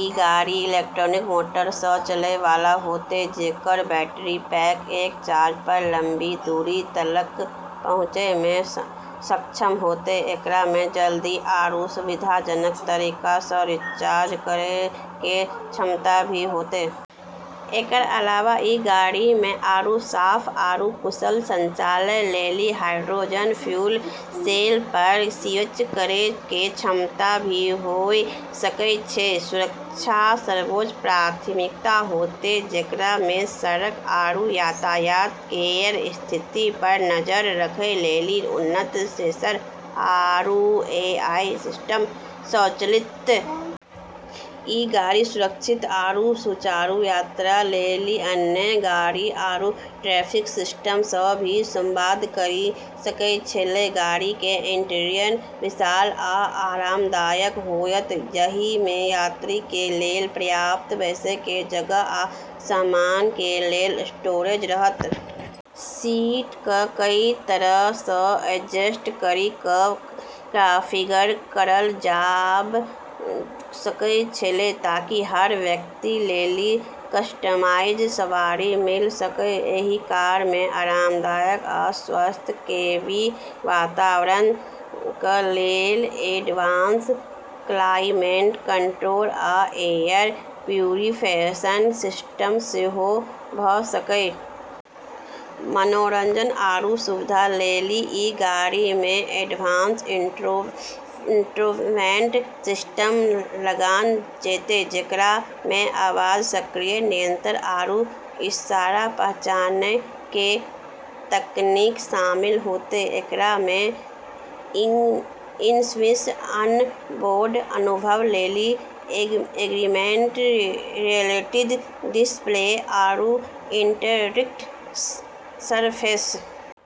ई गाड़ी electric motor स चलै वाला होतै, जेकर बैटरी पैक एक चार्ज प लंबी दूरी तलक पहुँचै मे सक्षम होतै। एकरा मे जल्दी आरू सुविधाजनक तरीका स रिचार्ज करै के क्षमता भी होतै। एकर अलावा ई गाड़ी मे आरू साफ आरू कुशल संचालन लेली हाइड्रोजन फ्यूल सेल प स्विच करै के क्षमता भी होय सकै छै। सुरक्षा सर्वोच्च प्राथमिकता होतै, जेकरा मे सड़क आरू यातायात केर स्थिति प नजर रखै लेली उन्नत सेंसर आरू एआई सिस्टम, स्वचालित रूप स ब्रेक लगाबै या टक्कर स बचै लेली टाल-मटोल के कार्रवाई करल जैतै। ई गाड़ी सुरक्षित आरू सुचारू यात्रा लेली अन्य गाड़ी आरू ट्रैफिक सिस्टम स भी संवाद करी सकै छेलै। गाड़ी के इंटीरियर विशाल आ आरामदायक होयत, जाहि में यात्री के लेल पर्याप्त बैसय के जगह आ सामान के लेल स्टोरेज रहत। सीट क कई तरह स एडजस्ट करी क कॉन्फ़िगर करल जाब सकै छेलै ताकि हर व्यक्ति लेली कस्टमाइज्ड सवारी मिल सक। एहि कार मे आरामदायक आ स्वस्थ केबिन वातावरण क लेल एडवांस क्लाइमेट कंट्रोल आ एयर प्यूरिफिकेशन सिस्टम सेहो भ सकैत अछि। मनोरंजन आरू सुविधा लेली ई गाड़ी मे एडवांस इन्फोटेनमेंट सिस्टम लगाल जैतै, जेकरा मे आवाज सक्रिय नियंत्रण आरू इशारा पहचानै के तकनीक शामिल होतै। एकरा मे इमर्सिव ऑनबोर्ड अनुभव लेली एग्मेंटेड रियलिटी डिस्प्ले आरू इंटरएक्टिव सरफेस भी हो सकै छेलै।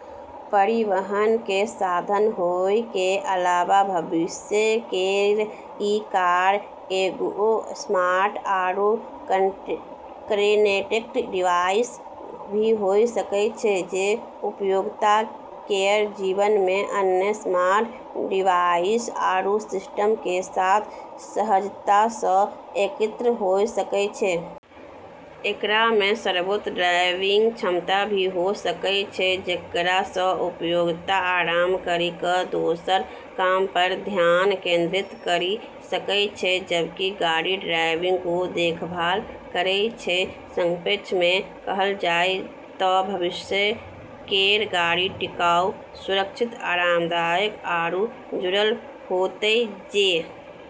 परिवहन केर साधन होय के अलावा भविष्य केर ई कार एगो स्मार्ट आरू कनेक्टेड डिवाइस भी होय सकै छै, जे उपयोगकर्ता केर जीवन मे अन्य स्मार्ट डिवाइस आरू सिस्टम के साथ सहजता स एकीकृत होय सकै छै। एकरा मे स्वायत्त ड्राइविंग क्षमता भी हो सकै छै, जेकरा स उपयोगकर्ता आराम करी क दोसर काम प ध्यान केंद्रित करी सकै छै जबकि गाड़ी ड्राइविंग के देखभाल करै छै। संक्षेप मे कहल जाय त भविष्य केर गाड़ी टिकाऊ, सुरक्षित, आरामदायक, आरू जुड़ल होतै, जेकरा स एकर उपयोगकर्ता सिनी लेली परिवहन केर निर्बाध आरू आनंददायक अनुभव मिलतै।